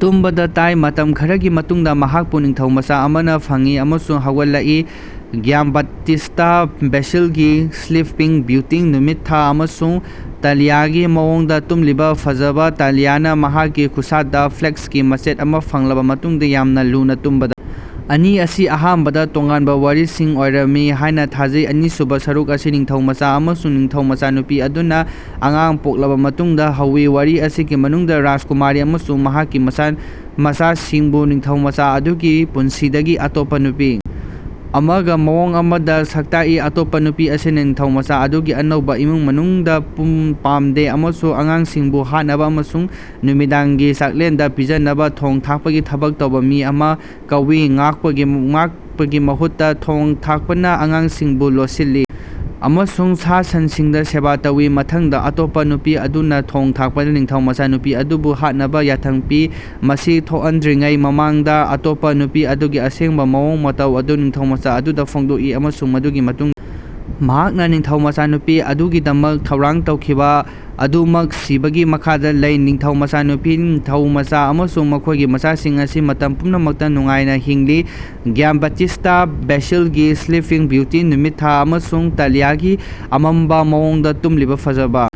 ꯇꯨꯝꯕꯗ ꯇꯥꯏ꯫ ꯃꯇꯝ ꯈꯔꯒꯤ ꯃꯇꯨꯡꯗ ꯃꯍꯥꯛꯄꯨ ꯅꯤꯡꯊꯧꯃꯆꯥ ꯑꯃꯅ ꯐꯪꯏ ꯑꯃꯁꯨꯡ ꯍꯧꯒꯠꯂꯛꯏ꯫ ꯒ꯭ꯌꯥꯝꯕꯥꯇꯤꯁꯇꯥ ꯕꯦꯁꯤꯜꯒꯤ ꯁ꯭ꯂꯤꯄꯤꯡ ꯕꯤꯌꯨꯇꯤꯡ ꯅꯨꯃꯤꯠ ꯊꯥ ꯑꯃꯁꯨꯡ ꯇꯥꯂꯤꯌꯥꯒꯤ ꯃꯑꯣꯡꯗ ꯇꯨꯝꯂꯤꯕ ꯐꯖꯕ ꯇꯥꯂꯤꯌꯥꯅ ꯃꯍꯥꯛꯀꯤ ꯈꯨꯠꯁꯥꯗ ꯐ꯭ꯂꯦꯛꯁꯀꯤ ꯃꯆꯦꯠ ꯑꯃ ꯐꯪꯂꯕ ꯃꯇꯨꯡꯗ ꯌꯥꯝꯅ ꯂꯨꯅ ꯇꯨꯝꯕꯗ ꯑꯅꯤ ꯑꯁꯤ ꯑꯍꯥꯟꯕꯗ ꯇꯣꯉꯥꯟꯕ ꯋꯥꯔꯤꯁꯤꯡ ꯑꯣꯏꯔꯝꯃꯤ ꯍꯥꯏꯅ ꯊꯥꯖꯩ꯫ ꯑꯅꯤꯁꯨꯕ ꯁꯔꯨꯛ ꯑꯁꯤ ꯅꯤꯡꯊꯧꯃꯆꯥ ꯑꯃꯁꯨꯡ ꯅꯤꯡꯊꯧ ꯃꯆꯥꯅꯨꯄꯤ ꯑꯗꯨꯅ ꯑꯉꯥꯡ ꯄꯣꯛꯂꯕ ꯃꯇꯨꯡꯗ ꯍꯧꯏ꯫ ꯋꯥꯔꯤ ꯑꯁꯤꯒꯤ ꯃꯅꯨꯡꯗ ꯔꯥꯖꯀꯨꯃꯥꯔꯤ ꯑꯃꯁꯨꯡ ꯃꯍꯥꯛꯀꯤ ꯃꯆꯥ ꯃꯆꯥꯁꯤꯡꯕꯨ ꯅꯤꯡꯊꯧ ꯃꯆꯥ ꯑꯗꯨꯒꯤ ꯄꯨꯟꯁꯤꯗꯒꯤ ꯑꯇꯣꯞꯄ ꯅꯨꯄꯤ ꯑꯃꯒ ꯃꯑꯣꯡ ꯑꯃꯗ ꯁꯛꯇꯥꯛꯏ꯫ ꯑꯇꯣꯞꯄ ꯅꯨꯄꯤ ꯑꯁꯤꯅ ꯅꯤꯡꯊꯧꯃꯆꯥ ꯑꯗꯨꯒꯤ ꯑꯅꯧꯕ ꯏꯃꯨꯡ ꯃꯅꯨꯡꯗꯕꯨ ꯄꯥꯝꯗꯦ ꯑꯃꯁꯨꯡ ꯑꯉꯥꯡꯁꯤꯡꯕꯨ ꯍꯥꯠꯅꯕ ꯑꯃꯁꯨꯡ ꯅꯨꯃꯤꯗꯥꯡꯒꯤ ꯆꯥꯛꯂꯦꯟꯗ ꯄꯤꯖꯅꯕ ꯊꯣꯡ ꯊꯥꯛꯄꯒꯤ ꯊꯕꯛ ꯇꯧꯕ ꯃꯤ ꯑꯃ ꯀꯧꯏ꯫ ꯉꯥꯛꯄꯒꯤ ꯉꯥꯛꯄꯒꯤ ꯃꯍꯨꯠꯇ ꯊꯣꯡ ꯊꯥꯛꯄꯅ ꯑꯉꯥꯡꯁꯤꯡꯕꯨ ꯂꯣꯠꯁꯤꯜꯂꯤ ꯑꯃꯁꯨꯡ ꯁꯥ ꯁꯟꯁꯤꯡꯗ ꯁꯦꯕꯥ ꯇꯧꯏ꯫ ꯃꯊꯪꯗ ꯑꯇꯣꯞꯄ ꯅꯨꯄꯤ ꯑꯗꯨꯅ ꯊꯣꯡ ꯊꯥꯛꯄꯗ ꯅꯤꯡꯊꯧ ꯃꯆꯥꯅꯨꯄꯤ ꯑꯗꯨꯕꯨ ꯍꯥꯠꯅꯕ ꯌꯥꯊꯪ ꯄꯤ꯫ ꯃꯁꯤ ꯊꯣꯛꯍꯟꯗ꯭ꯔꯤꯉꯩ ꯃꯃꯥꯡꯗ ꯑꯇꯣꯞꯄ ꯅꯨꯄꯤ ꯑꯗꯨꯒꯤ ꯑꯁꯦꯡꯕ ꯃꯑꯣꯡ ꯃꯇꯧ ꯑꯗꯨ ꯅꯤꯡꯊꯧꯃꯆꯥ ꯑꯗꯨꯗ ꯐꯣꯡꯗꯣꯛꯏ ꯑꯃꯁꯨꯡ ꯃꯗꯨꯒꯤ ꯃꯇꯨꯡ ꯃꯍꯥꯛꯅ ꯅꯤꯡꯊꯧ ꯃꯆꯥꯅꯨꯄꯤ ꯑꯗꯨꯒꯤꯗꯃꯛ ꯊꯧꯔꯥꯡ ꯇꯧꯈꯤꯕ ꯑꯗꯨꯃꯛ ꯁꯤꯕꯒꯤ ꯃꯈꯥꯗ ꯂꯩ꯫ ꯅꯤꯡꯊꯧ ꯃꯆꯥꯅꯨꯄꯤ ꯅꯤꯡꯊꯧꯃꯆꯥ ꯑꯃꯁꯨꯡ ꯃꯈꯣꯏꯒꯤ ꯃꯆꯥꯁꯤꯡ ꯑꯁꯤ ꯃꯇꯝ ꯄꯨꯝꯅꯃꯛꯇ ꯅꯨꯡꯉꯥꯏꯅ ꯍꯤꯡꯂꯤ꯫ ꯒ꯭ꯌꯥꯝꯕꯥꯇꯤꯁꯇꯥ ꯕꯦꯁꯤꯜꯒꯤ ꯁ꯭ꯂꯤꯄꯤꯡ ꯕꯤꯌꯨꯇꯤ ꯅꯨꯃꯤꯠ ꯊꯥ ꯑꯃꯁꯨꯡ ꯇꯥꯂꯤꯌꯥꯒꯤ ꯑꯃꯝꯕ ꯃꯑꯣꯡꯗ ꯇꯨꯝꯂꯤꯕ ꯐꯖꯕ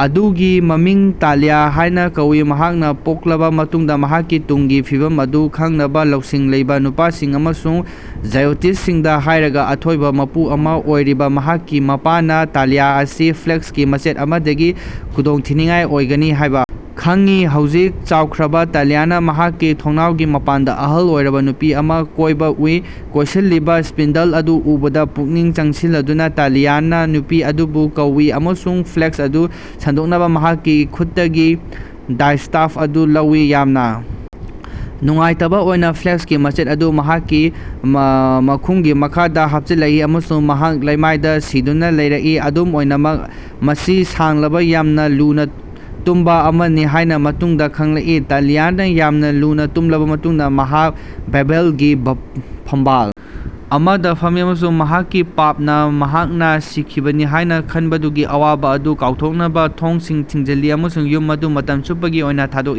ꯑꯗꯨꯒꯤ ꯃꯃꯤꯡ ꯇꯥꯂꯤꯌꯥ ꯍꯥꯏꯅ ꯀꯧꯏ꯫ ꯃꯍꯥꯛꯅ ꯄꯣꯛꯂꯕ ꯃꯇꯨꯡꯗ ꯃꯍꯥꯛꯀꯤ ꯇꯨꯡꯒꯤ ꯐꯤꯕꯝ ꯑꯗꯨ ꯈꯪꯅꯕ ꯂꯧꯁꯤꯡ ꯂꯩꯕ ꯅꯨꯄꯥꯁꯤꯡ ꯑꯃꯁꯨꯡ ꯖ꯭ꯌꯣꯇꯤꯁꯁꯤꯡꯗ ꯍꯥꯏꯔꯒ ꯑꯊꯣꯏꯕ ꯃꯄꯨ ꯑꯃꯥ ꯑꯣꯏꯔꯤꯕ ꯃꯍꯥꯛꯀꯤ ꯃꯄꯥꯅ ꯇꯥꯂꯤꯌꯥ ꯑꯁꯤ ꯐ꯭ꯂꯦꯛꯁꯀꯤ ꯃꯆꯦꯠ ꯑꯃꯗꯒꯤ ꯈꯨꯗꯣꯡꯊꯤꯅꯤꯡꯉꯥꯏ ꯑꯣꯏꯒꯅꯤ ꯍꯥꯏꯕ ꯈꯪꯉꯤ꯫ ꯍꯧꯖꯤꯛ ꯆꯥꯎꯈ꯭ꯔꯕ ꯇꯥꯂꯤꯌꯥꯅ ꯃꯍꯥꯛꯀꯤ ꯊꯣꯡꯅꯥꯎꯒꯤ ꯃꯄꯥꯟꯗ ꯑꯍꯜ ꯑꯣꯏꯔꯕ ꯅꯨꯄꯤ ꯑꯃ ꯀꯣꯏꯕ ꯎꯏ꯫ ꯀꯣꯏꯁꯤꯜꯂꯤꯕ ꯁ꯭ꯄꯤꯟꯗꯜ ꯑꯗꯨ ꯎꯕꯗ ꯄꯨꯛꯅꯤꯡ ꯆꯪꯁꯤꯜꯂꯗꯨꯅ ꯇꯥꯂꯤꯌꯥꯅ ꯅꯨꯄꯤ ꯑꯗꯨꯕꯨ ꯀꯧꯋꯤ ꯑꯃꯁꯨꯡ ꯐ꯭ꯂꯦꯛꯁ ꯑꯗꯨ ꯁꯥꯡꯗꯣꯛꯅꯕ ꯃꯍꯥꯛꯀꯤ ꯈꯨꯠꯇꯒꯤ ꯗꯥꯏꯁ꯭ꯇꯥꯐ ꯑꯗꯨ ꯂꯧꯋꯤ꯫ ꯌꯥꯝꯅ ꯅꯨꯡꯉꯥꯏꯇꯕ ꯑꯣꯏꯅ ꯐ꯭ꯂꯦꯛꯁꯀꯤ ꯃꯆꯦꯠ ꯑꯗꯨ ꯃꯍꯥꯛꯀꯤ ꯃ ꯃꯈꯨꯝꯒꯤ ꯃꯈꯥꯗ ꯍꯥꯞꯆꯤꯜꯂꯛꯏ ꯑꯃꯁꯨꯡ ꯃꯍꯥꯛ ꯂꯩꯃꯥꯏꯗ ꯁꯤꯗꯨꯅ ꯂꯩꯔꯛꯏ ꯑꯗꯨꯝ ꯑꯣꯏꯅꯃꯛ ꯃꯁꯤ ꯁꯥꯡꯂꯕ ꯌꯥꯝꯅ ꯂꯨꯅ ꯇꯨꯝꯕ ꯑꯃꯅꯤ ꯍꯥꯏꯅ ꯃꯇꯨꯡꯗ ꯈꯪꯂꯛꯏ꯫ ꯇꯥꯂꯤꯌꯥꯅ ꯌꯥꯝꯅ ꯂꯨꯅ ꯇꯨꯝꯂꯕ ꯃꯇꯨꯡꯗ ꯃꯍꯥꯛ ꯚꯦꯜꯚꯦꯠꯀꯤ ꯐ ꯐꯝꯕꯥꯜ ꯑꯃꯗ ꯐꯝꯃꯤ ꯑꯃꯁꯨꯡ ꯃꯍꯥꯛꯀꯤ ꯄꯥꯞꯅ ꯃꯍꯥꯛꯅ ꯁꯤꯈꯤꯕꯅꯤ ꯍꯥꯏꯅ ꯈꯟꯕꯗꯨꯒꯤ ꯑꯋꯥꯕ ꯑꯗꯨ ꯀꯥꯎꯊꯣꯛꯅꯕ ꯊꯣꯡꯁꯤꯡ ꯊꯤꯡꯖꯤꯜꯂꯤ ꯑꯃꯁꯨꯡ ꯌꯨꯝ ꯑꯗꯨ ꯃꯇꯝ ꯆꯨꯞꯄꯒꯤ ꯑꯣꯏꯅ ꯊꯥꯗꯣꯛꯏ꯫